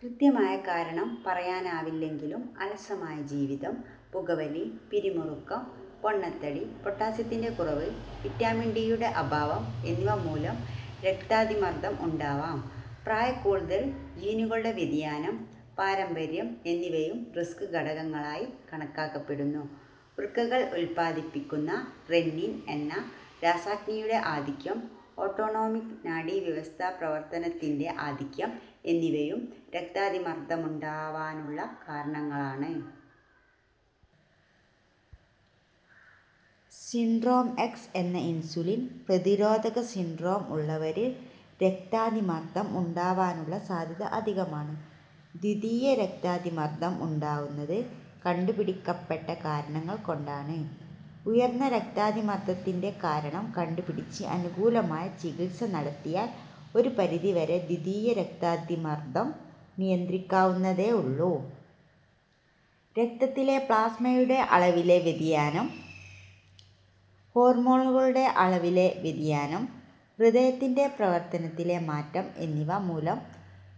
കൃത്യമായ കാരണം പറയാനാവില്ലെങ്കിലും അലസമായ ജീവിതം, പുകവലി, പിരിമുറുക്കം, പൊണ്ണത്തടി, പൊട്ടാസ്യത്തിന്റെ കുറവ്, വിറ്റാമിൻ ഡിയുടെ അഭാവം എന്നിവ മൂലം രക്താതിമർദ്ദം ഉണ്ടാവാം. പ്രായക്കൂടുതൽ, ജീനുകളുടെ വ്യതിയാനം, പാരമ്പര്യം എന്നിവയും 'റിസ്ക് ഘടകങ്ങളായി' കണക്കാക്കപ്പെടുന്നു. വൃക്കകൾ ഉല്പാദിപ്പിക്കുന്ന റെന്നിൻ എന്ന രാസാഗ്നിയുടെ ആധിക്യം ഓട്ടോണോമിക് നാഡീവ്യവസ്ഥാപ്രവർത്തനത്തിന്റെ ആധിക്യം എന്നിവയും രക്താതിമർദ്ദമുണ്ടാവാനുള്ള കാരണങ്ങളാണ്. 'സിൻഡ്രോം എക്സ്' എന്ന ഇൻസുലിൻ പ്രതിരോധക സിൻഡ്രോം ഉള്ളവരിൽ രക്താതിമർദ്ദം ഉണ്ടാവാനുള്ള സാധ്യത അധികമാണ്. ദ്വിതീയ രക്താതിമർദ്ദം ഉണ്ടാവുന്നത് കണ്ടുപിടിക്കപ്പെട്ട കാരണങ്ങൾ കൊണ്ടാണ്. ഉയർന്ന രക്താതിമർദ്ദത്തിന്റെ കാരണം കണ്ടുപിടിച്ച് അനുകൂലമായ ചികിത്സ നടത്തിയാൽ ഒരു പരിധിവരെ ദ്വിതീയ രക്താതിമർദ്ദം നിയന്ത്രിക്കാവുന്നതേ ഉള്ളൂ. രക്തത്തിലെ പ്ളാസ്മയുടെ അളവിലെ വ്യതിയാനം, ഹോർമോണുകളുടെ അളവിലെ വ്യതിയാനം, ഹൃദയത്തിന്റെ പ്രവർത്തനത്തിലെ മാറ്റം എന്നിവ മൂലം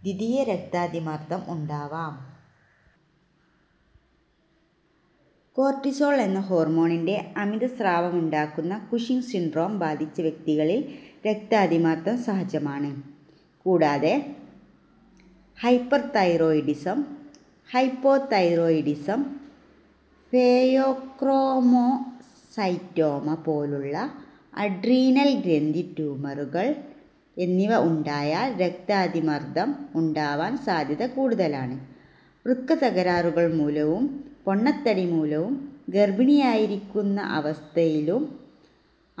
ദ്വിതീയ രക്താതിമർദ്ദം ഉണ്ടാവാം. കോർട്ടിസോൾ എന്ന ഹോർമോണിന്റെ അമിതസ്രാവമുണ്ടാക്കുന്ന കുഷിങ് സിൻഡ്രോം ബാധിച്ച വ്യക്തികളിൽ രക്താതിമർദ്ദം സഹജമാണ്. കൂടാതെ, ഹൈപ്പർതൈറോയിഡിസം, ഹൈപ്പോതൈറോയിഡിസം, ഫേയോക്രോമൊസൈറ്റോമ പോലുള്ള അഡ്രീനൽ ഗ്രന്ഥി ട്യൂമറുകൾ എന്നിവ ഉണ്ടായാൽ രക്താതിമർദ്ദം ഉണ്ടാവാൻ സാധ്യത കൂടുതലാണ്. വൃക്ക തകരാറുകൾ മൂലവും, പൊണ്ണത്തടി മൂലവും, ഗർഭിണിയായിരിക്കുന്ന അവസ്ഥയിലും,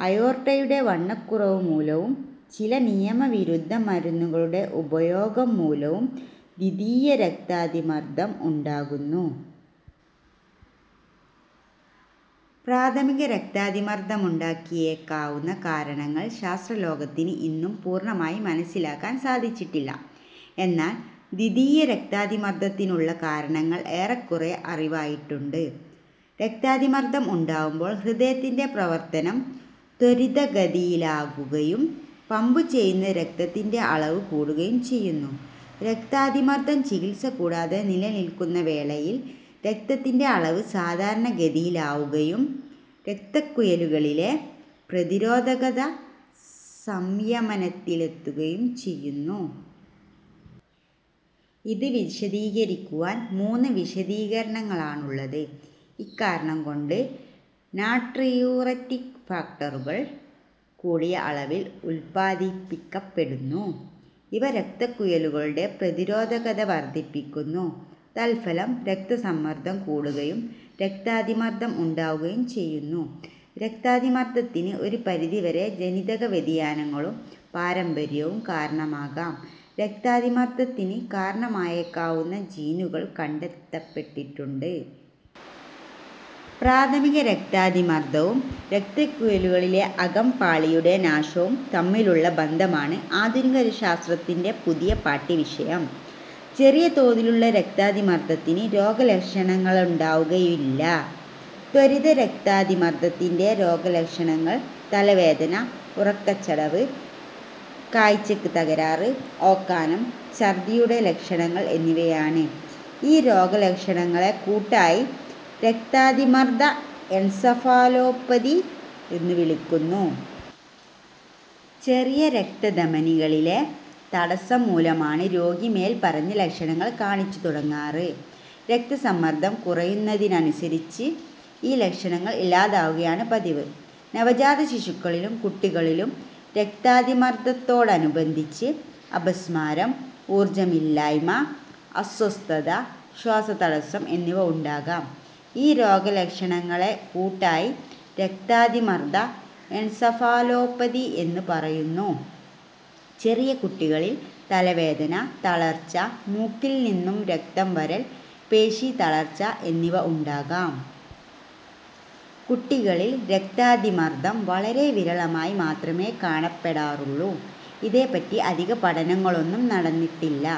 അയോർട്ടയുടെ വണ്ണക്കുറവുമൂലവും, ചില നിയമവിരുദ്ധ മരുന്നുകളുടെ ഉപയോഗം മൂലവും ദ്വിതീയ രക്താതിമർദ്ദം ഉണ്ടാകുന്നു.: പ്രാഥമിക രക്താതിമർദ്ദമുണ്ടാക്കിയേക്കാവുന്ന കാരണങ്ങൾ ശാസ്ത്രലോകത്തിന് ഇന്നും പൂർണ്ണമായി മനസ്സിലാക്കാൻ സാധിച്ചിട്ടില്ല. എന്നാൽ ദ്വിതീയ രക്താതിമർദ്ദത്തിനുള്ള കാരണങ്ങൾ ഏറെക്കുറെ അറിവായിട്ടുണ്ട്. രക്താതിമർദ്ദം ഉണ്ടാവുമ്പോൾ ഹൃദയത്തിന്റെ പ്രവർത്തനം ത്വരിതഗതിയിലാകുകയും പമ്പ് ചെയ്യുന്ന രക്തത്തിന്റെ അളവ് കൂടുകയും ചെയ്യുന്നു. രക്താതിമർദ്ദം ചികിത്സ കൂടാതെ നിലനിൽക്കുന്ന വേളയിൽ രക്തത്തിന്റെ അളവ് സാധാരണ ഗതിയിലാവുകയും രക്തക്കുഴലുകളിലെ പ്രതിരോധകത സംയമനത്തിലെത്തുകയും ചെയുന്നു. ഇത് വിശദീകരിക്കാൻ മൂന്ന് വിശദീകരണങ്ങളാണുള്ളത്: ഇക്കാരണം കൊണ്ട് നാട്രിയൂററ്റിക് ഫാക്ടറുകൾ കൂടിയ അളവിൽ ഉല്പാദിപ്പിക്കപ്പെടുന്നു. ഇവ രക്തക്കുഴലുകളുടെ പ്രതിരോധകത വർദ്ധിപ്പിക്കുന്നു. തൽഫലം രക്തസമ്മർദ്ദം കൂടുകയും, രക്താതിമർദ്ദം ഉണ്ടാവുകയും ചെയ്യുന്നു. രക്താതിമർദ്ദത്തിന് ഒരു പരിധി വരെ ജനിതക വ്യതിയാനങ്ങളും പാരമ്പര്യവും കാരണമാകാം. രക്താതിമർദ്ദത്തിന് കാരണമായേക്കാവുന്ന ജീനുകൾ കണ്ടെത്തപ്പെട്ടിട്ടുണ്ട്. പ്രാഥമിക രക്താതിമർദ്ദവും രക്തക്കുഴലുകളിലെ അകം പാളിയുടെ നാശവും തമ്മിലുള്ള ബന്ധമാണ് ആധുനിക ശാസ്ത്രത്തിന്റെ പുതിയ പാഠ്യവിഷയം. ചെറിയതോതിലുള്ള രക്താതിമർദ്ദത്തിന് രോഗലക്ഷണങ്ങളുണ്ടാവുകയില്ല. ത്വരിത രക്താതിമർദ്ദത്തിന്റെ രോഗലക്ഷണങ്ങൾ തലവേദന, ഉറക്കച്ചടവ്, കാഴ്ചയ്ക്ക് തകരാറ്, ഓക്കാനം. ഛർദ്ദിയുടെ ലക്ഷണങ്ങൾ എന്നിവയാണ്. ഈ രോഗലക്ഷണങ്ങളെ കൂട്ടായി രക്താതിമർദ്ദ എൻസഫാലോപതി എന്നു വിളിക്കുന്നു. ചെറിയ രക്തധമനികളിലെ തടസ്സം മൂലമാണ് രോഗി മേൽപ്പറഞ്ഞ ലക്ഷണങ്ങൾ കാണിച്ചുതുടങ്ങാറ്. രക്തസമ്മർദ്ദം കുറയുന്നതിനനുസരിച്ച് ഈ ലക്ഷണങ്ങൾ ഇല്ലാതാവുകയാണ് പതിവ്. നവജാതശിശുക്കളിലും കുട്ടികളിലും രക്താതിമർദ്ദത്തോടനുബന്ധിച്ച് അപസ്മാരം, ഊർജ്ജമില്ലായ്മ, അസ്വസ്ഥത, ശ്വാസതടസ്സം എന്നിവ ഉണ്ടാകാം. ഈ രോഗലക്ഷണങ്ങളെ കൂട്ടായി രക്താതിമർദ്ദ എൻസഫാലോപതി എന്നു പറയുന്നു. ചെറിയ കുട്ടികളിൽ തലവേദന, തളർച്ച, മൂക്കിൽ നിന്നും രക്തം വരൽ, പേശീതളർച്ച എന്നിവ ഉണ്ടാകാം. കുട്ടികളിൽ രക്താതിമർദ്ദം വളരെ വിരളമായി മാത്രമേ കാണപ്പെടാറുള്ളൂ. ഇതേപ്പറ്റി അധികം പഠനങ്ങളൊന്നും നടന്നിട്ടില്ല